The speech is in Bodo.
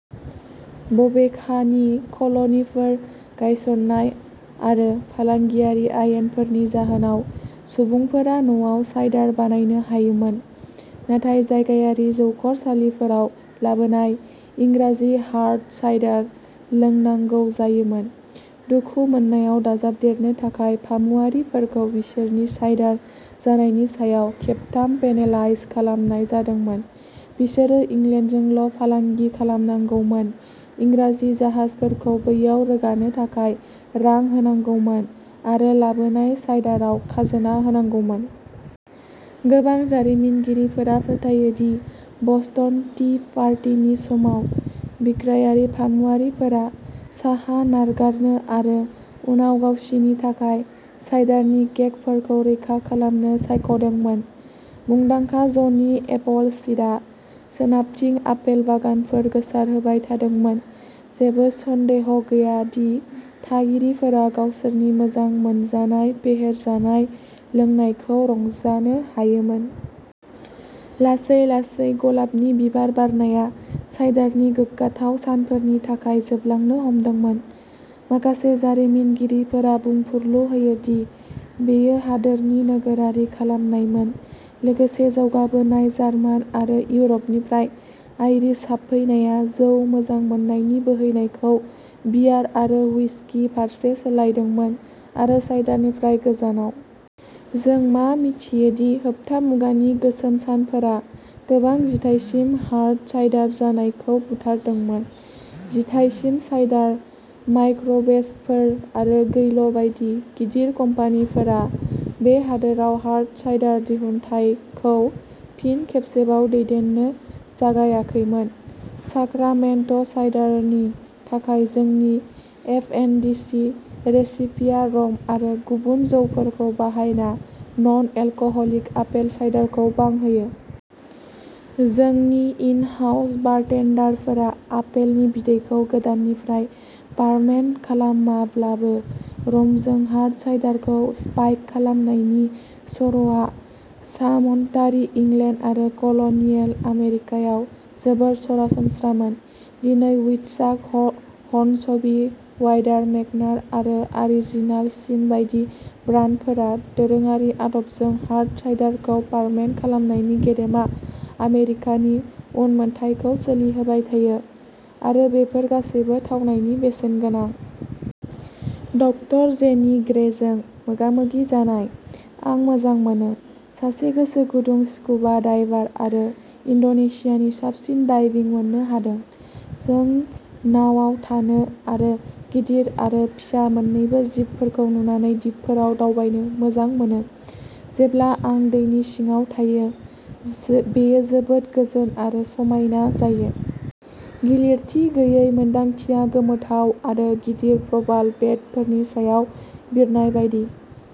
बबेखानि, कल'निफोर गायसन्नाय आरो फालांगियारि आयेनफोरनि जाहोनाव, सुबुंफोरा न'आव साइडार बानायनो हायोमोन, नाथाय जायगायारि जौखरसालिफोराव लाबोनाय इंराजि हार्ड साइडार लोंनांगौ जायोमोन। दुखु मोननायाव दाजाबदेरनो थाखाय, फामुआरिफोरखौ बिसोरनि साइडार जानायनि सायाव खेबथाम-पेनेलाइज खालामनाय जादोंमोनः बिसोरो इंलेन्डजोंल'फालांगि खालामनांगौमोन, इंराजि जाहाजफोरखौ बैयाव रोगानो थाखाय रां होनांगौमोन, आरो लाबोनाय साइडाराव खाजोना होनांगौमोन। गोबां जारिमिनगिरिफोरा फोथायो दि बस्टन टी पार्टिनि समाव, बिग्रायारि फामुआरिफोरा साहा गारगारनो आरो उनाव गावसिनि थाखाय साइडारनि केगफोरखौ रैखा खालामनो सायख'दोंमोन। मुंदांखा जनि एपलसीडआ सोनाबथिं आपेल बागानफोर गोसारहोबाय थादोंमोन, जेबो सन्देह गैया दि थागिरिफोरा गावसोरनि मोजां मोनजानाय फेहेरजानाय लोंनायखौ रंजानो हायोमोन। लासै-लासै, गलाबनि बिबार बारनाया साइडारनि गोग्गाथाव सानफोरनि थाखाय जोबलांनो हमदोंमोन। माखासे जारिमिनगिरिफोरा बुंफुरलु होयो दि बेयो हादोरनि नोगोरारि खालामनायमोन, लोगोसे जौगाबोनाय जार्मान आरो इउर'पनिफ्राय आइरिश हाबफैनाया जौ मोजां मोननायनि बोहैनायखौ बियार आरो हुइस्कि फारसे सोलायदोंमोन, आरो साइडारनिफ्राय गोजानाव। जों मा मिथियो दि होबथा मुगानि गोसोम सानफोरा गोबां जिथायसिम हार्ड साइडार जानायखौ बुथारदोंमोन। जिथाइसिम साइडार माइक्र'बेचफोर आरो गैल'बायदि गिदिर कम्पानिफोरा बे हादोराव हार्ड साइडार दिहुनथायखौ फिन खेबसेबाव दैदेननो जागायाखैमोन। साक्रामेन्टो साइडारनि थाखाय जोंनि एफएनडिसि रेसिपिया रम आरो गुबुन जौफोरखौ बाहायना नन-एलकहलिक आपेल साइडारखौ बांहोयो। जोंनि इन-हाउस बारटेन्डारफोरा आपेलनि बिदैखौ गोदाननिफ्राय फार्मेन्ट खालामाब्लाबो, रमजों हार्ड साइडारखौ स्पाइक खालामनायनि सर'आ सामन्तारि इंलेन्ड आरो कल'नियेल आमेरिकायाव जोबोद सरासनस्रामोन। दिनै, वुडचाक, हर्नसबि, वाइडार, मेग्नार आरो अरिजिनाल सिन बायदि ब्रान्डफोरा दोरोङारि आदबजों हार्ड साइडारखौ फार्मेन्ट खालामनायनि गेदेमा आमेरिकानि उनमोनथाइखौ सोलिहोबाय थायो, आरो बेफोर गासैबो थावनायनि बेसेन गोनां। ड. जेनी ग्रेजों मोगा-मोगि जानायः "आं मोजां मोनो। सासे गोसोगुदुं स्कुबा डाइभार आरो इन्ड'नेसियानि साबसिन डाइभिं मोननो हादों। जों नावाव थानो आरो गिदिर आरो फिसा मोन्नैबो जिबफोरखौ नुनानै दिपफोराव दावबायनो मोजां मोनो। जेब्ला आं दैनि सिङाव थायो, बेयो जोबोद गोजोन आरो समायना जायो। गिलिरथि गैयै मोन्दांथिया गोमोथाव आरो गिदिर प्रबाल बेडफोरनि सायाव बिरनाय बायदि।